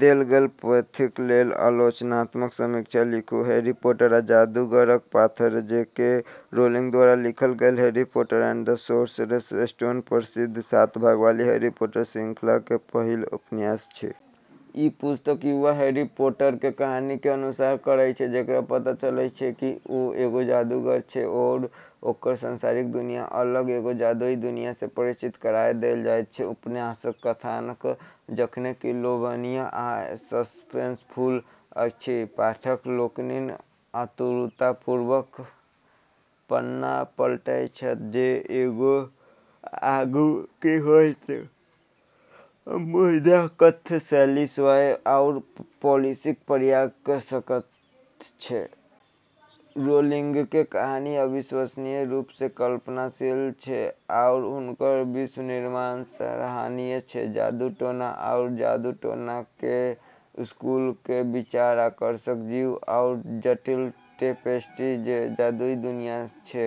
देल गेल पोथीक लेल आलोचनात्मक समीक्षा लिखू। हैरी पॉटर आ जादूगरक पाथर जे. के. रोलिंग द्वारा लिखल गेल Harry Potter and the Sorcerer's Stone प्रसिद्ध सात भाग वाला हैरी पॉटर श्रृंखलाके पहिल उपन्यास अछि। ई पुस्तक युवा हैरी पॉटरके कहानीके अनुसरण करै छै, जेकरा पता चलै छै कि ओ एगो जादूगर छै आओर ओकरा सांसारिक दुनियासँ अलग एगो जादुई दुनियासँ परिचित कराइ देल जाइत छै। उपन्यासक कथानक जखन कि लोभनीय आ सस्पेंसफुल अछि, पाठक लोकनि आतुरतापूर्वक पन्ना पलटैत छथि जे आगू की होइत, मुदा कथ्य शैली स्वयं आओर पालिशक प्रयोग क' सकैत छल। रोलिंगके कहानी अविश्वसनीय रूपसँ कल्पनाशील छै आओर हुनकर विश्व-निर्माण सराहनीय छै। जादू-टोना आओर जादू-टोना केर स्कूल केर विचार, आकर्षक जीव, आओर जटिल टेपेस्ट्री जे जादुई दुनिया छै,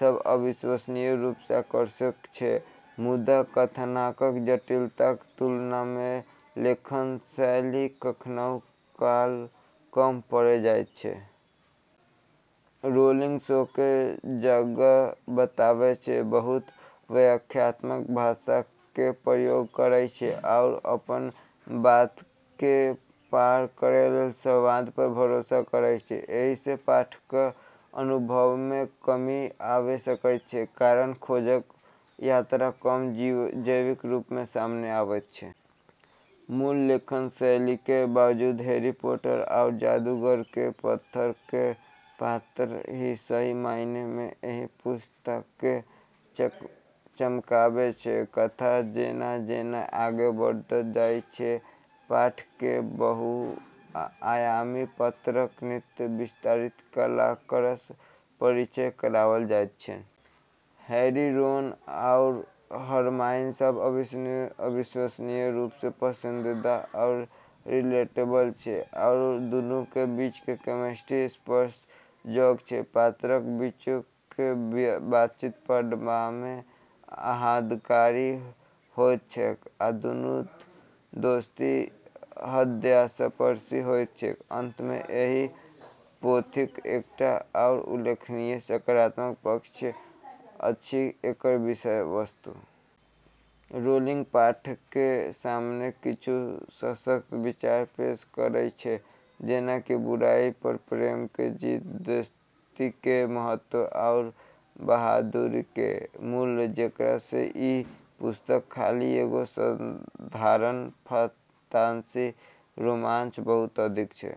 सब अविश्वसनीय रूपसँ आकर्षक छै। मुदा कथानकक जटिलताक तुलनामे लेखन शैली कखनऊ काल कम पड़ि जाइत अछि। रोलिंग शोके जगह बताबै छै, बहुत व्याख्यात्मक भाषाके प्रयोग करै छै आओर अपन बातके पार करै लेल संवाद पर भरोसा करै छै। एहिसँ पाठकक अनुभवमे कमी आबि सकैत अछि, कारण खोजक यात्रा कम जैविक रूपमे सामने अबैत अछि। मूल लेखन शैलीके बावजूद हैरी पॉटर आओर जादूगर केर पत्थर केर पात्र ही सही मायनेमे एहि पुस्तकके चमकाबै छै। कथा जेना-जेना आगू बढ़ैत जाइत अछि, पाठककेँ बहुआयामी पात्रक नित्य विस्तारित कलाकारसँ परिचय कराओल जाइत छनि। हैरी, रॉन, आओर हरमाइन सब अविश्वसनीय रूपसँ पसंदीदा आओर रिलेटेबल छै, आओर दुन्नूके बीचके केमिस्ट्री स्पर्शजोग छै। पात्रक बीचक बातचीत पढ़बामे आह्लादकारी होइत छैक, आ दुन्नूक दोस्ती हृदयस्पर्शी होइत छैक। अंतमे एहि पोथीक एकटा आओर उल्लेखनीय सकारात्मक पक्ष अछि एकर विषय-वस्तु। रोलिंग पाठकके सामने किछ सशक्त विचार पेश करै छै जेना कि बुराई पर प्रेमके जीत, दोस्तीके महत्व, आओर बहादुरीके मूल्य, जेकरा सँ ई पुस्तक खाली एगो साधारण फंतासी रोमांचसँ बहुत अधिक छै।